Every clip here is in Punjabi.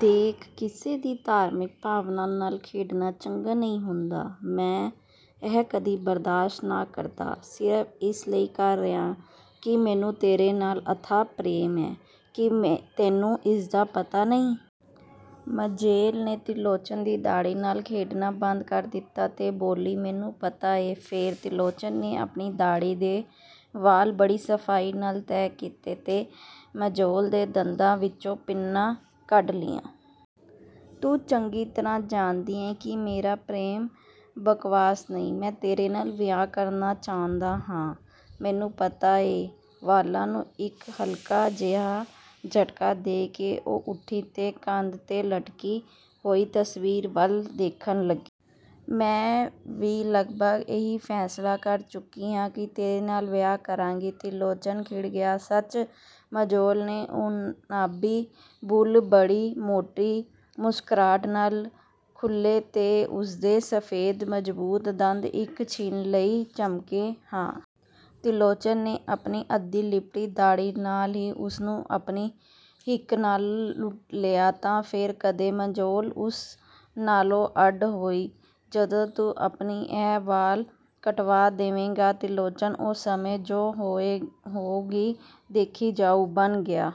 ਦੇਖ, ਕਿਸੇ ਦੀ ਧਾਰਮਿਕ ਭਾਵਨਾ ਨਾਲ ਖੇਡਣਾ ਚੰਗਾ ਨਹੀਂ ਹੁੰਦਾ। ਮੈਂ ਇਹ ਕਦੀ ਬਰਦਾਸ਼ਤ ਨਾ ਕਰਦਾ, ਸਿਰਫ ਇਸ ਲਈ ਕਰ ਰਿਹਾਂ ਕਿ ਮੈਨੂੰ ਤੇਰੇ ਨਾਲ ਅਥਾਹ ਪ੍ਰੇਮ ਏਂ। ਕੀ ਤੈਨੂੰ ਇਸਦਾ ਪਤਾ ਨਹੀਂ? ਮੋਜ਼ੇਲ ਨੇ ਤਿਰਲੋਚਨ ਦੀ ਦਾੜ੍ਹੀ ਨਾਲ ਖੇਡਣਾ ਬੰਦ ਕਰ ਦਿੱਤਾ ਤੇ ਬੋਲੀ, "ਮੈਨੂੰ ਪਤਾ ਏ। " "ਫੇਰ? " ਤਿਰਲੋਚਨ ਨੇ ਆਪਣੀ ਦਾੜ੍ਹੀ ਦੇ ਵਾਲ ਬੜੀ ਸਫ਼ਾਈ ਨਾਲ ਤੈਹ ਕੀਤੇ ਤੇ ਮੋਜ਼ੇਲ ਦੇ ਦੰਦਾਂ ਵਿਚੋਂ ਪਿੰਨਾਂ ਕੱਢ ਲਈਆਂ। "ਤੂੰ ਚੰਗੀ ਤਰ੍ਹਾਂ ਜਾਣਦੀ ਏਂ ਕਿ ਮੇਰਾ ਪ੍ਰੇਮ ਬਕਵਾਸ ਨਹੀਂ। ਮੈਂ ਤੇਰੇ ਨਾਲ ਵਿਆਹ ਕਰਨਾ ਚਾਹੁੰਦਾ ਆਂ। " "ਮੈਨੂੰ ਪਤਾ ਐ। " ਵਾਲਾਂ ਨੂੰ ਇਕ ਹਲਕਾ ਜਿਹਾ ਝਟਕਾ ਦੇ ਕੇ ਉਹ ਉੱਠੀ ਤੇ ਕੰਧ 'ਤੇ ਲਟਕੀ ਹੋਈ ਤਸਵੀਰ ਵੱਲ ਦੇਖਣ ਲੱਗੀ। "ਮੈਂ ਵੀ ਲਗਭਗ ਇਹੀ ਫ਼ੈਸਲਾ ਕਰ ਚੁੱਕੀ ਆਂ ਕਿ ਤੇਰੇ ਨਾਲ ਵਿਆਹ ਕਰਾਂਗੀ। " ਤਿਰਲੋਚਨ ਖਿੜ ਗਿਆ, "ਸੱਚ? " ਮੋਜ਼ੇਲ ਦੇ ਉਨਾਬੀ ਬੁੱਲ੍ਹ ਬੜੀ ਮੋਟੀ ਮੁਸਕਰਾਹਟ ਨਾਲ ਖੁੱਲ੍ਹੇ ਤੇ ਉਸਦੇ ਸਫ਼ੇਦ ਮਜ਼ਬੂਤ ਦੰਦ ਇਕ ਛਿਣ ਲਈ ਚਮਕੇ, "ਹਾਂ। " ਤਿਰਲੋਚਨ ਨੇ ਆਪਣੀ ਅੱਧੀ ਲਿਪਟੀ ਦਾੜ੍ਹੀ ਨਾਲ ਹੀ ਉਸਨੂੰ ਆਪਣੀ ਹਿੱਕ ਨਾਲ ਘੁੱਟ ਲਿਆ, "ਤਾਂ, ਫੇਰ, ਕਦੋਂ? " ਮੋਜ਼ੇਲ ਉਸ ਨਾਲੋਂ ਅੱਡ ਹੋਈ। ਜਦੋਂ ਤੂੰ ਆਪਣੇ ਇਹ ਵਾਲ ਕਟਵਾ ਦਵੇਂਗਾ। " ਤਿਰਲੋਚਨ ਉਸ ਸਮੇਂ 'ਜੋ ਹੋਊ, ਦੇਖੀ ਜਾਊ' ਬਣ ਗਿਆ।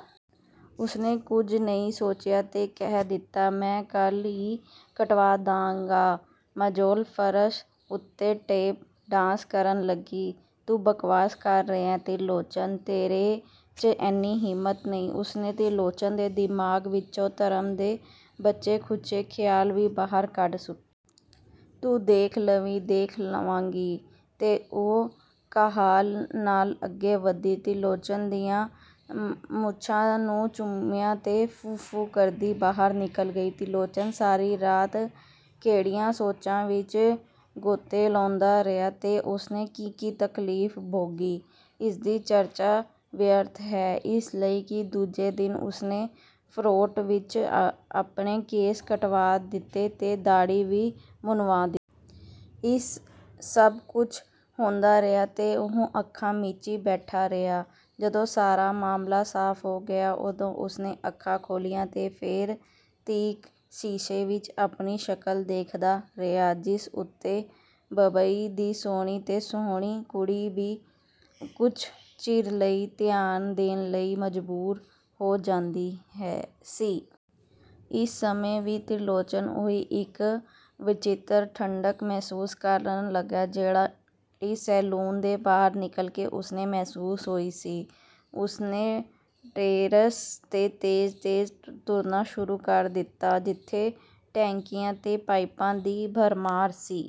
ਉਸਨੇ ਕੁਝ ਨਹੀਂ ਸੋਚਿਆ ਤੇ ਕਹਿ ਦਿੱਤਾ, "ਮੈਂ ਕਲ੍ਹ ਈ ਕਟਵਾ ਦਿਆਂਗਾ। " ਮੋਜ਼ੇਲ ਫਰਸ਼ ਉੱਤੇ ਟੇਪ ਡਾਂਸ ਕਰਨ ਲੱਗੀ। "ਤੂੰ ਬਕਵਾਸ ਕਰ ਰਿਹਾ ਤਿਰਲੋਚਨ! ਤੇਰੇ 'ਚ ਐਨੀ ਹਿੰਮਤ ਨਹੀਂ। " ਉਸਨੇ ਤਿਰਲੋਚਨ ਦੇ ਦਿਮਾਗ ਵਿਚੋਂ ਧਰਮ ਦੇ ਬਚੇ-ਖੁਚੇ ਖਿਆਲ ਵੀ ਬਾਹਰ ਕੱਢ ਸੁੱਟੇ। "ਤੂੰ ਦੇਖ ਲਵੀਂ। " "ਦੇਖ ਲਵਾਂਗੀ। " ਤੇ ਉਹ ਕਾਹਲ ਨਾਲ ਅੱਗੇ ਵਧੀ। ਤਿਰਲੋਚਨ ਦੀਆਂ ਮੁੱਛਾਂ ਨੂੰ ਚੁੰਮਿਆਂ ਤੇ 'ਫੂੰ-ਫੂੰ' ਕਰਦੀ ਬਾਹਰ ਨਿਕਲ ਗਈ। ਤਿਰਲੋਚਨ ਸਾਰੀ ਰਾਤ ਕਿਹੜੀਆਂ ਸੋਚਾਂ ਵਿਚ ਗੋਤੇ ਲਾਉਂਦਾ ਰਿਹਾ ਤੇ ਉਸਨੇ ਕੀ-ਕੀ ਤਕਲੀਫ਼ ਭੋਗੀ, ਇਸਦੀ ਚਰਚਾ ਵਿਅਰਥ ਹੈ, ਇਸ ਲਈ ਕਿ ਦੂਜੇ ਦਿਨ ਉਸਨੇ ਫੋਰਟ ਵਿਚ ਆਪਣੇ ਕੇਸ ਕਟਵਾ ਦਿੱਤੇ ਤੇ ਦਾੜ੍ਹੀ ਵੀ ਮੁੰਨਵਾ ਦਿੱਤੀ। ਇਸ ਸਭ ਕੁਛ ਹੁੰਦਾ ਰਿਹਾ ਤੇ ਉਹ ਅੱਖਾਂ ਮੀਚੀ ਬੈਠਾ ਰਿਹਾ। ਜਦੋਂ ਸਾਰਾ ਮਾਮਲਾ ਸਾਫ਼ ਹੋ ਗਿਆ, ਉਦੋਂ ਉਸਨੇ ਅੱਖਾਂ ਖੋਲ੍ਹੀਆਂ ਤੇ ਦੇਰ ਤੀਕ ਸ਼ੀਸ਼ੇ ਵਿਚ ਆਪਣੀ ਸ਼ਕਲ ਦੇਖਦਾ ਰਿਹਾ, ਜਿਸ ਉੱਤੇ ਬੰਬਈ ਦੀ ਸੋਹਣੀ ਤੋਂ ਸੋਹਣੀ ਕੁੜੀ ਵੀ ਕੁਛ ਚਿਰ ਲਈ ਧਿਆਨ ਦੇਣ ਲਈ ਮਜਬੂਰ ਹੋ ਜਾਂਦੀ ਸੀ। ਇਸ ਸਮੇਂ ਵੀ ਤਿਰਲੋਚਨ ਉਹੀ ਇਕ ਵਚਿੱਤਰ ਠੰਢਕ ਮਹਿਸੂਸ ਕਰਨ ਲੱਗਾ, ਜਿਹੜੀ ਸੈਲੂਨ ਦੇ ਬਾਹਰ ਨਿਕਲ ਕੇ ਉਸਨੂੰ ਮਹਿਸੂਸ ਹੋਈ ਸੀ। ਉਸਨੇ ਟੈਰੇਸ 'ਤੇ ਤੇਜ਼-ਤੇਜ਼ ਤੁਰਨਾ ਸ਼ੁਰੂ ਕਰ ਦਿੱਤਾ, ਜਿੱਥੇ ਟੈਂਕੀਆਂ ਤੇ ਪਾਈਪਾਂ ਦੀ ਭਰਮਾਰ ਸੀ।